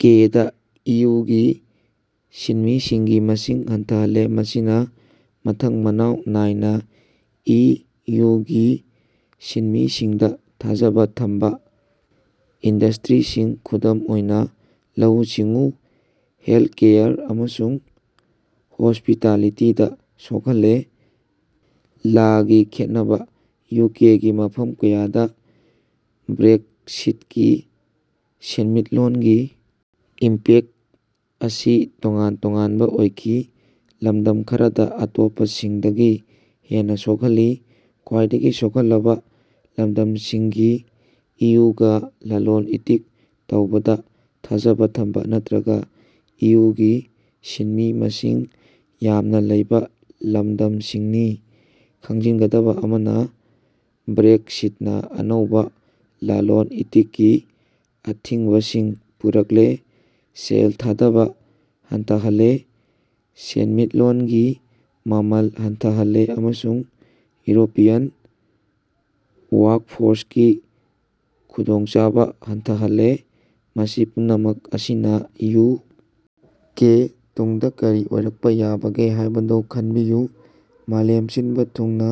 ꯀꯦ. ꯗꯥ ꯏꯌꯨꯒꯤ ꯁꯤꯟꯃꯤꯁꯤꯡꯒꯤ ꯃꯁꯤꯡ ꯍꯟꯊꯍꯜꯂꯦ꯫ ꯃꯁꯤꯅꯥ ꯃꯊꯪ ꯃꯅꯥꯎ ꯅꯥꯏꯅꯥ ꯏ. ꯌꯨ. ꯒꯤ ꯁꯤꯟꯃꯤꯁꯤꯡꯗꯥ ꯊꯥꯖꯕꯥ ꯊꯝꯕꯥ ꯏꯟꯗꯁ꯭ꯇꯔꯤꯁꯤꯡ, ꯈꯨꯗꯝ ꯑꯣꯏꯅꯥ ꯂꯧꯎ-ꯁꯤꯡꯎ, ꯍꯦꯜꯊꯀꯦꯌꯔ, ꯑꯃꯁꯨꯡ ꯍꯣꯁ꯭ꯄꯤꯇꯥꯂꯤꯇꯤꯗꯥ ꯁꯣꯛꯍꯜꯂꯦ꯫ ꯂꯒꯤ ꯈꯦꯠꯅꯕꯥ: ꯌꯨ. ꯀꯦ. ꯒꯤ ꯃꯐꯝ ꯀꯌꯥꯗꯥ ꯕ꯭ꯔꯦꯛꯁꯤꯠꯀꯤ ꯁꯦꯟꯃꯤꯠꯂꯣꯟꯒꯤ ꯏꯝꯄꯦꯛ ꯑꯁꯤ ꯇꯣꯉꯥꯟ ꯇꯣꯉꯥꯟꯕꯥ ꯑꯣꯏꯈꯤ, ꯂꯝꯗꯝ ꯈꯔꯗꯥ ꯑꯇꯣꯞꯄꯁꯤꯡꯗꯒꯤ ꯍꯦꯟꯅꯥ ꯁꯣꯛꯍꯜꯂꯤ꯫ ꯈ꯭ꯋꯥꯏꯗꯒꯤ ꯁꯣꯛꯍꯜꯂꯕꯥ ꯂꯝꯗꯝꯁꯤꯡꯒꯤ ꯏꯌꯨꯒꯥ ꯂꯂꯣꯟ-ꯏꯇꯤꯛ ꯇꯧꯕꯗꯥ ꯊꯥꯖꯕꯥ ꯊꯝꯕꯥ ꯅꯠꯇ꯭ꯔꯒꯥ ꯏꯌꯨꯒꯤ ꯁꯤꯟꯃꯤ ꯃꯁꯤꯡ ꯌꯥꯝꯅꯥ ꯂꯩꯕꯥ ꯂꯝꯗꯝꯁꯤꯡꯅꯤ꯫ ꯈꯪꯖꯤꯟꯒꯗꯕꯥ ꯑꯃꯅꯥ, ꯕ꯭ꯔꯦꯛꯁꯤꯠꯅꯥ ꯑꯅꯧꯕꯥ ꯂꯂꯣꯟ-ꯏꯇꯤꯛꯀꯤ ꯑꯊꯤꯡꯕꯁꯤꯡ ꯄꯨꯔꯛꯂꯦ, ꯁꯦꯜ ꯊꯥꯗꯕꯥ ꯍꯟꯊꯍꯜꯂꯦ, ꯁꯦꯟꯃꯤꯠꯂꯣꯟꯒꯤ ꯃꯃꯜ ꯍꯟꯊꯍꯜꯂꯦ, ꯑꯃꯁꯨꯡ ꯌꯨꯔꯣꯄꯤꯌꯟ ꯋꯥꯔꯛꯐꯣꯔꯁꯀꯤ ꯈꯨꯗꯣꯡꯆꯥꯕꯥ ꯍꯟꯊꯍꯜꯂꯦ, ꯃꯁꯤ ꯄꯨꯝꯅꯃꯛ ꯑꯁꯤꯅꯥ ꯌꯨ. ꯀꯦ. ꯇꯨꯡꯗꯥ ꯀꯔꯤ ꯑꯣꯏꯔꯛꯄꯥ ꯌꯥꯕꯒꯦ ꯍꯥꯏꯕꯗꯨ ꯈꯟꯕꯤꯌꯨ? ꯃꯥꯂꯦꯝ ꯁꯤꯟꯕꯥ ꯊꯨꯡꯅꯥ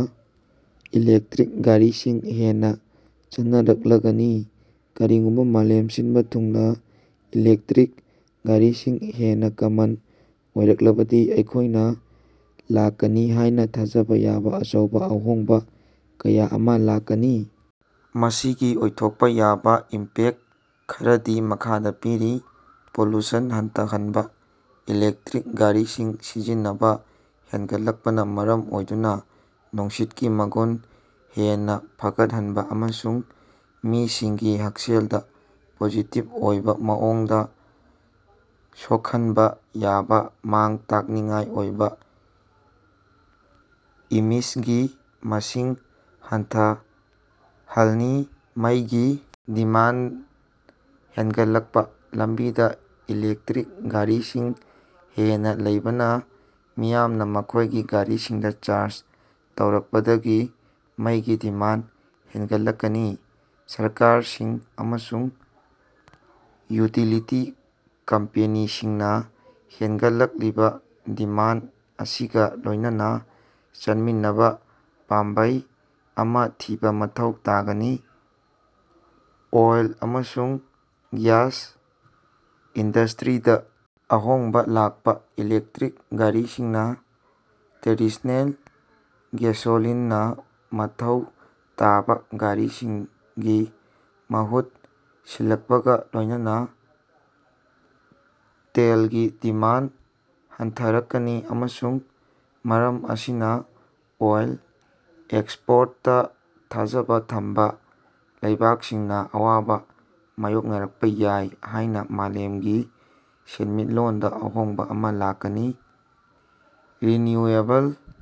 ꯏꯂꯦꯛꯇꯔꯤꯛ ꯒꯥꯔꯤꯁꯤꯡ ꯍꯦꯟꯅꯥ ꯆꯠꯅꯔꯛꯂꯒꯅꯤ꯫ ꯀꯔꯤꯒꯨꯝꯕꯥ ꯃꯥꯂꯦꯝ ꯁꯤꯟꯕꯥ ꯊꯨꯡꯅꯥ ꯏꯂꯦꯛꯇꯔꯤꯛ ꯒꯥꯔꯤꯁꯤꯡ ꯍꯦꯟꯅꯥ ꯀꯃꯟ ꯑꯣꯏꯔꯛꯂꯕꯗꯤ ꯑꯩꯈꯣꯏꯅꯥ ꯂꯥꯛꯀꯅꯤ ꯍꯥꯏꯅꯥ ꯊꯥꯖꯕꯥ ꯌꯥꯕꯥ ꯑꯆꯧꯕꯥ ꯑꯍꯣꯡꯕꯥ ꯀꯌꯥ ꯑꯃꯥ ꯂꯥꯛꯀꯅꯤ꯫ ꯃꯁꯤꯒꯤ ꯑꯣꯏꯊꯣꯛꯄꯥ ꯌꯥꯕꯥ ꯏꯝꯄꯦꯛꯇ ꯈꯔꯗꯤ ꯃꯈꯥꯗꯥ ꯄꯤꯔꯤ: ꯄꯣꯂꯨꯁꯟ ꯍꯟꯊꯍꯟꯕꯥ: ꯏꯂꯦꯛꯇꯔꯤꯛ ꯒꯥꯔꯤꯁꯤꯡ ꯁꯤꯖꯤꯟꯅꯕꯥ ꯍꯦꯟꯒꯠꯂꯛꯄꯅꯥ ꯃꯔꯝ ꯑꯣꯏꯗꯨꯅꯥ ꯅꯨꯡꯁꯤꯠꯀꯤ ꯃꯒꯨꯟ ꯍꯦꯟꯅꯥ ꯐꯒꯠꯍꯟꯕꯥ ꯑꯃꯁꯨꯡ ꯃꯤꯁꯤꯡꯒꯤ ꯍꯛꯁꯦꯜꯗꯥ ꯄꯣꯖꯤꯇꯤꯚ ꯑꯣꯏꯕꯥ ꯃꯑꯣꯡꯗꯥ ꯁꯣꯈꯟꯕꯥ ꯌꯥꯕꯥ ꯃꯥꯡ-ꯇꯥꯛꯅꯤꯡꯉꯥꯏ ꯑꯣꯏꯕꯥ ꯏꯃꯤꯁꯒꯤ ꯃꯁꯤꯡ ꯍꯟꯊꯍꯜꯅꯤ꯫ ꯃꯩꯒꯤ ꯗꯤꯃꯥꯟꯗ ꯍꯦꯟꯒꯠꯂꯛꯄꯥ: ꯂꯝꯕꯤꯗꯥ ꯏꯂꯦꯛꯇꯔꯤꯛ ꯒꯥꯔꯤꯁꯤꯡ ꯍꯦꯟꯅꯥ ꯂꯩꯕꯅꯥ ꯃꯤꯌꯥꯝꯅꯥ ꯃꯈꯣꯏꯒꯤ ꯒꯥꯔꯤꯁꯤꯡꯗꯥ ꯆꯥꯔꯖ ꯇꯧꯔꯛꯄꯗꯒꯤ ꯃꯩꯒꯤ ꯗꯤꯃꯥꯟꯗ ꯍꯦꯟꯒꯠꯂꯛꯀꯅꯤ꯫ ꯁꯔꯀꯥꯔꯁꯤꯡ ꯑꯃꯁꯨꯡ ꯌꯨꯇꯤꯂꯤꯇꯤ ꯀꯝꯄꯦꯅꯤꯁꯤꯡꯅꯥ ꯍꯦꯟꯒꯠꯂꯛꯂꯤꯕꯥ ꯗꯤꯃꯥꯟꯗ ꯑꯁꯤꯒꯥ ꯂꯣꯏꯅꯅꯥ ꯆꯠꯃꯤꯟꯅꯕꯥ ꯄꯥꯝꯕꯩ ꯑꯃꯥ ꯊꯤꯕꯥ ꯃꯊꯧ ꯇꯥꯒꯅꯤ꯫ ꯑꯣꯏꯜ ꯑꯃꯁꯨꯡ ꯒ꯭ꯌꯥꯁ ꯏꯟꯗꯁ꯭ꯇꯔꯤꯗꯥ ꯑꯍꯣꯡꯕꯥ ꯂꯥꯛꯄꯥ: ꯏꯂꯦꯛꯇꯔꯤꯛ ꯒꯥꯔꯤꯁꯤꯡꯅꯥ ꯇ꯭ꯔꯦꯗꯤꯁ꯭ꯅꯦꯜ ꯒꯦꯁꯣꯂꯤꯟꯅꯥ ꯃꯊꯧ ꯇꯧꯕꯥ ꯒꯥꯔꯤꯁꯤꯡꯒꯤ ꯃꯍꯨꯠ ꯁꯤꯜꯂꯛꯄꯒꯥ ꯂꯣꯏꯅꯅꯥ ꯇꯦꯜꯒꯤ ꯗꯤꯃꯥꯟꯗ ꯍꯟꯊꯔꯛꯀꯅꯤ ꯑꯃꯁꯨꯡ ꯃꯔꯝ ꯑꯁꯤꯅꯥ ꯑꯣꯏꯜ ꯑꯦꯛꯁꯄꯣꯔꯇꯇꯥ ꯊꯥꯖꯕꯥ ꯊꯝꯕꯥ ꯂꯩꯕꯥꯛꯁꯤꯡꯅꯥ ꯑꯋꯥꯕꯥ ꯃꯥꯌꯣꯛꯅꯔꯛꯄꯥ ꯌꯥꯏ ꯍꯥꯏꯅꯥ ꯃꯥꯂꯦꯝꯒꯤ ꯁꯦꯟꯃꯤꯠꯂꯣꯟꯗꯥ ꯑꯍꯣꯡꯕꯥ ꯑꯃꯥ ꯂꯥꯛꯀꯅꯤ꯫ ꯔꯤꯟꯅꯌꯨꯑꯦꯕꯜ